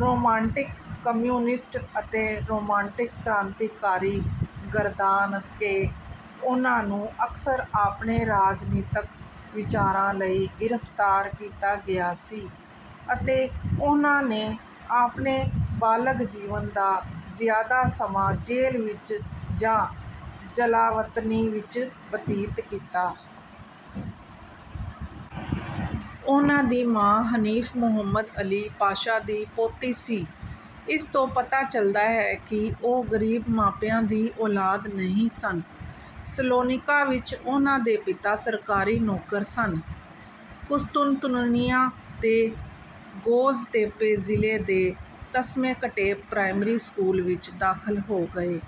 Romantic communist ਅਤੇ romantic ਕ੍ਰਾਂਤੀਕਾਰੀ ਗਰਦਾਨ ਕੇ ਉਹਨਾਂ ਨੂੰ ਅਕਸਰ ਆਪਣੇ ਰਾਜਨੀਤਕ ਵਿਚਾਰਾਂ ਲਈ ਗਿਰਫਤਾਰ ਕੀਤਾ ਗਿਆ ਸੀ ਅਤੇ ਉਹਨਾਂ ਨੇ ਆਪਣੇ ਬਾਲਗ ਜੀਵਨ ਦਾ ਜ਼ਿਆਦਾ ਸਮਾਂ ਜੇਲ੍ਹ ਵਿੱਚ ਜਾਂ ਜਲਾਵਤਨੀ ਵਿੱਚ ਬਤੀਤ ਕੀਤਾ। ਉਹਨਾਂ ਦੀ ਮਾਂ ਹਨੀਫ਼ ਮੌਹੰਮਦ ਅਲੀ ਪਾਸ਼ਾ ਦੀ ਪੋਤੀ ਸੀ। ਇਸ ਤੋਂ ਪਤਾ ਚਲਦਾ ਹੈ ਕਿ ਉਹ ਗਰੀਬ ਮਾਪਿਆਂ ਦੀ ਔਲਾਦ ਨਹੀਂ ਸਨ। ਸਲੋਨਿਕਾ ਵਿੱਚ ਉਹਨਾਂ ਦੇ ਪਿਤਾ ਸਰਕਾਰੀ ਨੌਕਰ ਸਨ। ਕੁਸਤੁਨਤੁਨਨੀਆ ਦੇ ਗੋਜ਼ਤੇਪੇ ਜਿਲੇ ਦੇ ਤਸਮੇਕਟੇਪ ਪ੍ਰਾਇਮਰੀ ਸਕੂਲ ਵਿੱਚ ਦਾਖਲ ਹੋ ਗਏ।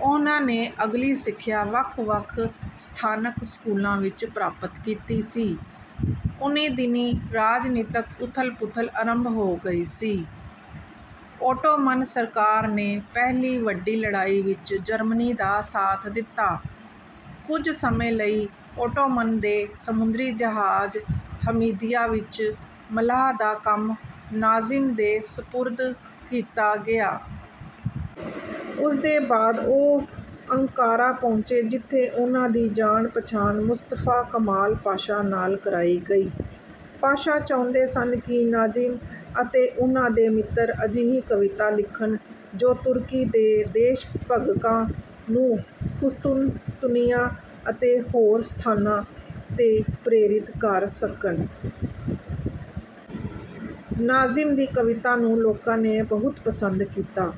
ਉਹਨਾਂ ਨੇ ਅਗਲੀ ਸਿੱਖਿਆ ਵੱਖ ਵੱਖ ਸਥਾਨਕ ਸਕੂਲਾਂ ਵਿੱਚ ਪ੍ਰਾਪਤ ਕੀਤੀ ਸੀ। ਉਨ੍ਹੀਂ ਦਿਨੀਂ ਰਾਜਨੀਤਕ ਉਥੱਲ-ਪੁਥਲ ਅਰੰਭ ਹੋ ਗਈ ਸੀ। ਔਟੋਮਨ ਸਰਕਾਰ ਨੇ ਪਹਿਲੀ ਵੱਡੀ ਲੜਾਈ ਵਿੱਚ ਜਰਮਨੀ ਦਾ ਸਾਥ ਦਿੱਤਾ। ਕੁੱਝ ਸਮੇਂ ਲਈ ਔਟੋਮਨ ਦੇ ਸਮੁੰਦਰੀ ਜਹਾਜ ਹਮੀਦਿਆ ਵਿੱਚ ਮਲਾਹ ਦਾ ਕੰਮ ਨਾਜ਼ਿਮ ਦੇ ਸਪੁਰਦ ਕੀਤਾ ਗਿਆ। ਉਸਦੇ ਬਾਅਦ ਉਹ ਅੰਕਾਰਾ ਪਹੁੰਚੇ ਜਿਥੇ ਉਹਨਾਂ ਦੀ ਜਾਣ ਪਛਾਣ ਮੁਸਤਫਾ ਕਮਾਲ ਪਾਸ਼ਾ ਨਾਲ ਕਰਾਈ ਗਈ। ਪਾਸ਼ਾ ਚਾਹੁੰਦੇ ਸਨ ਕਿ ਨਾਜਿਮ ਅਤੇ ਉਹਨਾਂ ਦੇ ਮਿੱਤਰ ਅਜਿਹੀ ਕਵਿਤਾ ਲਿਖਣ ਜੋ ਤੁਰਕੀ ਦੇ ਦੇਸ਼ਭਗਕਾਂ ਨੂੰ ਕੁਸਤੁਨਤੁਨੀਆ ਅਤੇ ਹੋਰ ਸਥਾਨਾਂ ਤੇ ਪ੍ਰੇਰਿਤ ਕਰ ਸਕਣ। ਨਾਜ਼ਿਮ ਦੀ ਕਵਿਤਾ ਨੂੰ ਲੋਕਾਂ ਨੇ ਬਹੁਤ ਪਸੰਦ ਕੀਤਾ।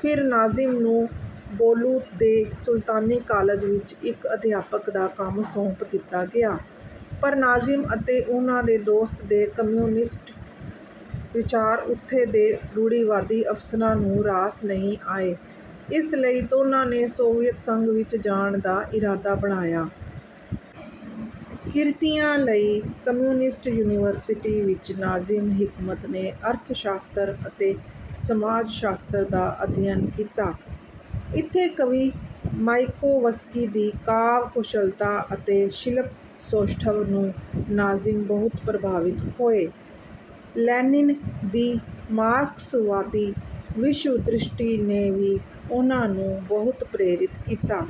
ਫਿਰ ਨਾਜ਼ਿਮ ਨੂੰ ਬੋਲੂ ਦੇ ਸੁਲਤਾਨੀ ਕਾਲਜ ਵਿੱਚ ਇੱਕ ਅਧਿਆਪਕ ਦਾ ਕੰਮ ਸੌਂਪ ਦਿੱਤਾ ਗਿਆ। ਪਰ ਨਾਜ਼ਿਮ ਅਤੇ ਉਹਨਾਂ ਦੇ ਦੋਸਤ ਦੇ ਕਮਿਊਨਿਸਟ ਵਿਚਾਰ ਉੱਥੇ ਦੇ ਰੂੜੀਵਾਦੀ ਅਫਸਰਾਂ ਨੂੰ ਰਾਸ ਨਹੀਂ ਆਏ ਇਸ ਲਈ ਦੋਨਾਂ ਨੇ ਸੋਵੀਅਤ ਸੰਘ ਵਿੱਚ ਜਾਣ ਦਾ ਇਰਾਦਾ ਬਣਾਇਆ। ਕਿਰਤੀਆਂ ਲਈ ਕਮਿਊਨਿਸਟ ਯੂਨੀਵਰਸਿਟੀ ਵਿੱਚ ਨਾਜ਼ਿਮ ਹਿਕਮਤ ਨੇ ਅਰਥ ਸ਼ਾਸਤਰ ਅਤੇ ਸਮਾਜ ਸ਼ਾਸਤਰ ਦਾ ਅਧਿਐਨ ਕੀਤਾ। ਇੱਥੇ ਕਵੀ ਮਾਇਕੋਵਸਕੀ ਦੀ ਕਾਵਿ-ਕੌਸ਼ਲਤਾ ਅਤੇ ਸ਼ਿਲਪ ਸੌਸ਼ਠਵ ਤੋਂ ਨਾਜ਼ਿਮ ਬਹੁਤ ਪ੍ਰਭਾਵਿਤ ਹੋਏ। ਲੈਨਿਨ ਦੀ ਮਾਰਕਸਵਾਦੀ ਵਿਸ਼ਵਦ੍ਰਿਸ਼ਟੀ ਨੇ ਵੀ ਉਹਨਾਂ ਨੂੰ ਬਹੁਤ ਪ੍ਰੇਰਿਤ ਕੀਤਾ।